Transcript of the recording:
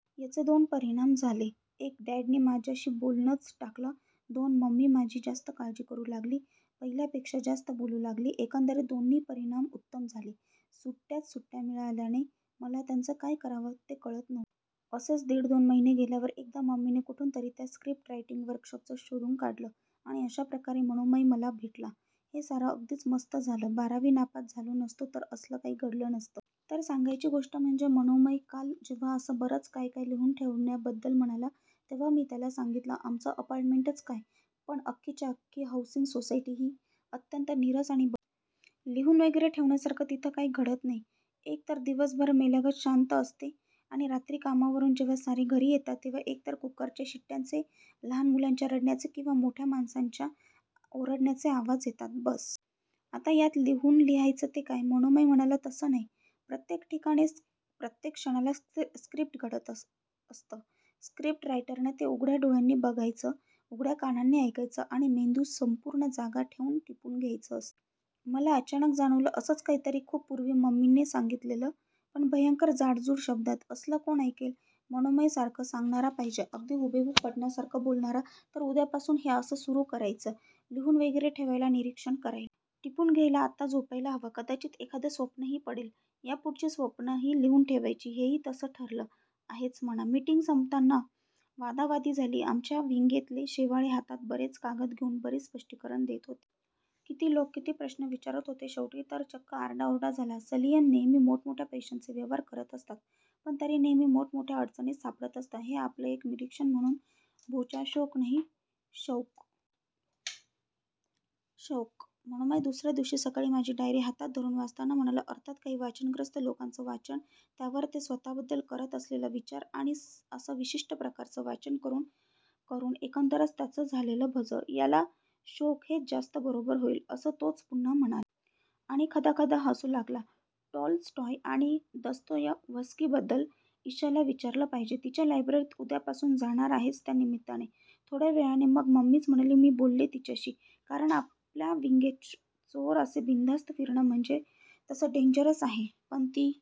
याचे दोन परिणाम झाले- एक, डॅडनी माझाशी बोलणंच टाकलं. दोन, मम्मी माझी जास्त काळजी करू लागली. पहिल्यापेक्षा जास्त बोलू लागली. एकंदरित दोन्ही परिणाम उत्तम झाले. सुट्याच सुट्या मिळाल्याने मला त्यांचं काय करावं ते कळत नव्हतं. असेच दीड-दोन महिने गेल्यावर एकदा मम्मीने कुठून तरी त्या स्क्रिप्ट रायटिंग वर्कशॉपचं शोधून काढलं, आणि अशा प्रकारे मनोमय मला भेटला. हे सारं अगदीच मस्त झालं. बारावी नापास झालो नसतो तर असलं काही घडलं नसतं. तर सांगायची गोष्ट म्हणजे मनोमय काल जेव्हा असं बरंच काय काय लिहून ठेवण्याबद्दल म्हणाला, तेव्हा मी त्याला सांगितलं-- आमचं अपार्टमेंटच काय, पण अख्खीच्या अख्खी हौसिंग सोसायटी ही अत्यंत नीरस आणि बधीर जागा आहे. लिहून वगैरे ठेवण्यासारखं तिथं काही घडत नाही. एकतर दिवसभर मेल्यागत शांत असते. आणि रात्री कामावरून जेव्हा सारे घरी येतात तेव्हा एकतर कुकरच्या शिट्यांचे, लहान मुलांच्या रडण्याचे किंवा मोठ्या माणासांच्या ओरडण्याचे आवाज येतात. बस. आता यात लिहून लिहायचं ते काय? मनोमय म्हणाला-- तसं नाही. प्रत्येक ठिकाणी, प्रत्येक क्षणाला स्क्रिप्ट घडत असतं. स्क्रिप्टरायटरने ते उघड्या डोळ्यांनी बघायचं, उघड्या कानांनी ऐकायचं, आणि मेंदू संपूर्ण जागा ठेऊन टिपून घ्यायचं असतं. मला अचानक जाणवलं, असंच काहीतरी खूप पुर्वी मम्मीने सांगितलेलं, पण भयंकर जाडजूड शब्दांत. असलं कोण ऐकेल? मनोमयसारख सांगणारा पाहिजे. अगदी हुबेहुब पटण्यासारखं बोलणारा. तर उद्यापासून हे असं सुरू करायचं. लिहून वगैरे ठेवायला. निरीक्षण करायला. टिपून घ्यायला. आता झोपायला हवं. कदाचित एखादं स्वप्नही पडेल. यापुढची स्वप्नंही लिहून ठेवायची- हेही तसं ठरलं आहेच म्हणा. मिटिंग संपताना वादावादी झाली. आमच्या विंगेतले शेवाळे हातात बरेच कागद घेऊन बरीच स्पष्टीकरणं देत होते. किती लोक किती प्रश्न विचारत होते. शेवटी तर चक्क आरडाओरडा झाला. सलियन नेहमी मोठमोठ्या पैशांचे व्यवहार करत असतात. पण तरी नेहमी मोठमोठ्या अडचणींत सापडत असतात. हे आपलं एक निरीक्षण म्हणून. भोच्या, शोक नाही, शौक. शौक-- मनोमय दुसर्या दिवशी सकाळी माझी डायरी हातात धरून वाचताना म्हणाला. अर्थात काही वाचनग्रस्त लोकांचं वाचन, त्यावर ते स्वतःबद्दल करत असलेला विचार, आणि असं विशिष्ठ प्रकारचं वाचन करून करून एकंदरच त्यांचं झालेलं भजं- याला शोक हेच जास्त बरोबर होईल-- असं तोच पुन्हा म्हणाला. आणि खदाखदा हसू लागला. टॉलस्टॉय आणि दस्तोयव्हस्कीबद्दल इशाला विचारलं पाहिजे. तिच्या लायब्ररीत उद्यापासून जाणार आहेच-- त्या निमित्ताने. थोड्या वेळाने मग मम्मीच म्हणाली-- मी बोलले तिच्याशी. कारण आपल्या विंगेत चोर असे बिनधास्त फिरणं म्हणजे तसं डेंजरस आहे. पण ती